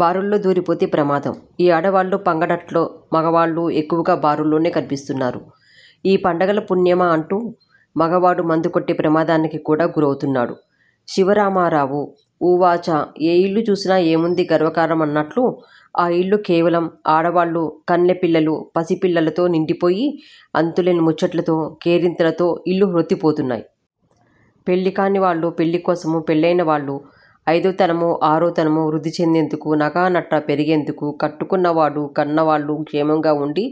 బారుల్లో దూరిపోతే ప్రమాదం. ఈ ఆడవాళ్ళ పంగడట్లో మగాళ్లు ఎక్కువగా బారుల్లోనే కనిపిస్తున్నారు. ఈ పండగల పుణ్యమా అంటూ మగవాడు మందుకొట్టే ప్రమాదానికి కూడా గురవుతున్నాడు-శివరామారావు ఉవాచ ఏ ఇల్లు చూసినా ఏముంది గర్వకారణమన్నట్టు-ఆ ఇల్లు కేవలం ఆడవాళ్ళూ, కన్నె పిల్లలూ, పసిపిల్లలతో నిండిపోయి అంతులేని ముచ్చట్లతో, కేరింతలతో ఇళ్ళు హోరెత్తిపోతున్నాయి. పెళ్ళి కానివాళ్ళు పెళ్ళికోసం-పెళ్ళయిన వాళ్ళు అయిదోతనమో ఆరోతనమో వృద్ధి చెందేందుకు నగానట్రా పెరిగేందుకు కట్టుకున్న వాడూ, కన్నవాళ్ళు క్షేమంగా వుండి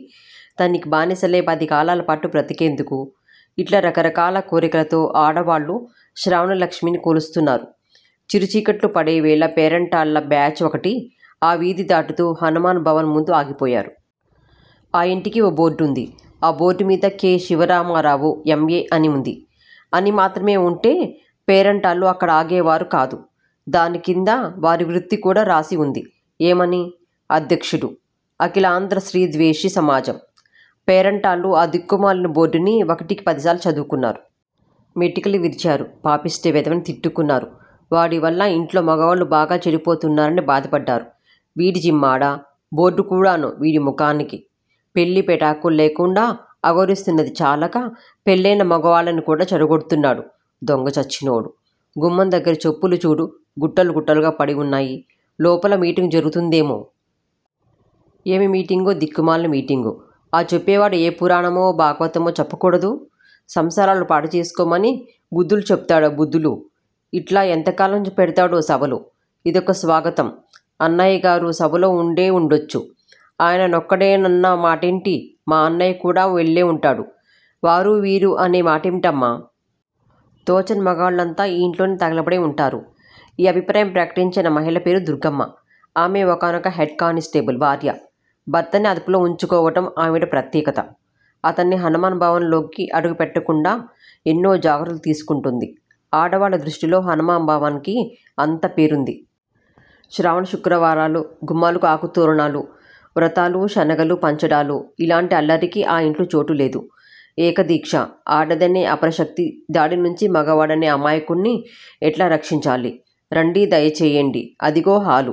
తనకి బానిసలై పదికాలాలపాటు బతికేందుకు. ఇట్లా రకరకాల కోరికలతో ఆడవాళ్లు శ్రావణలక్ష్మిని కొలుస్తున్నారు. చిరుచీకట్లు పడేవేళ పేరంటాళ్ళ బేచ్ ఒకటి ఆ వీధి దాటుతూ హనుమాన్ భవన్ ముందు ఆగిపోయారు. ఆ ఇంటికి ఓ బోర్డుంది. ఆ బోర్డుమీద కె. శివరామారావు ఎం. ఎ. అని వుంది. అని మాత్రమే వుంటే పేరంటాళ్లు అక్కడ ఆగేవారు కాదు. దానికింద వారి వృత్తి కూడా రాసి వుంది. ఏమని? అధ్యక్షుడు. అఖిలాంధ్ర స్త్రీ ద్వేషీ సమాజం. పేరంటాళ్లు ఆ దిక్కుమాలిన బోర్డుని ఒకటికి పదిసార్లు చదువుకున్నారు. మెటికలు విరిచేరు. పాపిష్ఠి వెధవని తిట్టుకున్నారు. వాడివల్ల ఇంట్లో మగాళ్ళు బాగా చెడిపోతున్నారని బాధపడ్డారు. వీడి జిమ్మడ! బోర్డుకూడాను వీడి మొహానికి? పెళ్ళీ పెటాకుల్లేకుండా అఘోరిస్తున్నది చాలక పెళ్ళయిన మగాళ్ళని కూడా చెడగొడుతున్నాడు దొంగచచ్చినోడు. గుమ్మందగ్గిర చెప్పులు చూడు గుట్టలు గుట్టలుగా పడి ఉన్నాయి. లోపల మీటింగు జరుగుతూందేమో! ఏమి మీటింగో దిక్కుమాలిన మీటింగు! ఆ చెప్పేవాడు ఏ పురాణమో, భాగవతమో చెప్పకూడదూ? సంసారాలు పాడుచేసుకోమని బుద్ధులు చెబుతాడా బుద్ధులు! ఇట్లా ఎంతకాలం పెడతాడో సభలు! ఇదొక స్వగతం. అన్నయ్యగారు సభలో ఉండేవుండొచ్చు! ఆయన నొక్కడేనన్న మాటేమిటి? మా అన్నయ్య కూడా వెళ్ళేవుంటాడు.. వారూ వీరూ అనే మాటేమిటమ్మా! తోచని మగాళ్ళంతా ఈ ఇంట్లోనే తగలడి వుంటారు. -ఈ అభిప్రాయం ప్రకటించిన మహిళ పేరు దుర్గమ్మ. ఆమె ఒకానొక హెడ్ కానిస్టేబుల్ భార్య. భర్తని అదుపులో వుంచుకోవడం ఆవిడ ప్రత్యేకత. అతన్ని హనుమాన్ భవన్లోకి అడుగు పెట్టకుండా ఎన్నో జాగ్రత్తలు తీసుకుంటోంది. ఆడవాళ్ళ దృష్టిలో హనుమాన్ భవన్ కి అంత పేరుంది! శ్రావణ శుక్రవారాలు, గుమ్మాలకు ఆకుతోరణాలు, వ్రతాలు, శనగలు పంచడాలూ ఇల్లాంటి అల్లరికి ఆ ఇంట్లో చోటులేదు. ఏకదీక్ష! ఆడదనే అపరశక్తి దాడినుంచి మగాడనే అమాయకుడ్ని ఎట్లా రక్షించాలి? రండి దయచేయండి అదుగో హాలు.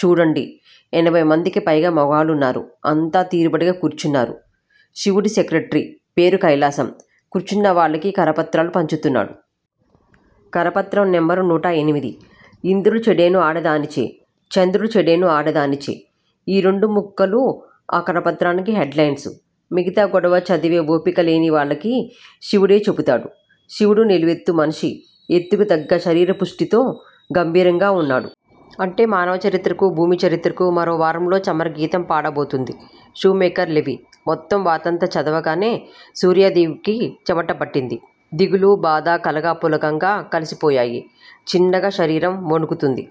చూడండి. ఏభయిమందికి పైగా మగాళ్ళున్నారు. అంతా తీరుబడిగా కూర్చున్నారు. శివుడి సెక్రటరీ-పేరు కైలాసం-కూర్చున్న వాళ్ళకి కరపత్రాలు పంచుతున్నాడు. కరపత్రం నెంబరు నూట ఎనిమిది! ఇంద్రుడు చెడెను ఆడదానిచే చంద్రుడు చెడెను ఆడదానిచే -ఈ రెండు ముక్కలూ ఆ కరపత్రానికి హెడ్ లైన్సు! మిగతా గొడవ చదివే ఓపిక లేని వాళ్ళకి శివుడే చెబుతాడు. శివుడు నిలువెత్తు మనిషి, ఎత్తుకి తగ్గ శరీర పుష్టితో గంభీరంగా వున్నాడు. అంటే మానవ చరిత్రకు, భూమి చరిత్రకు మరో వారంలో చరమగీతం పాడబోతోంది షూమేకర్- లెవీ- మొత్తం వార్తంతా చదవగానే సూర్యాదేవికి చెమటపట్టింది. దిగులు, బాధా కలగాపులగంగా కలిసిపోయాయి. చిన్నగా శరీరం వణుకుతోంది.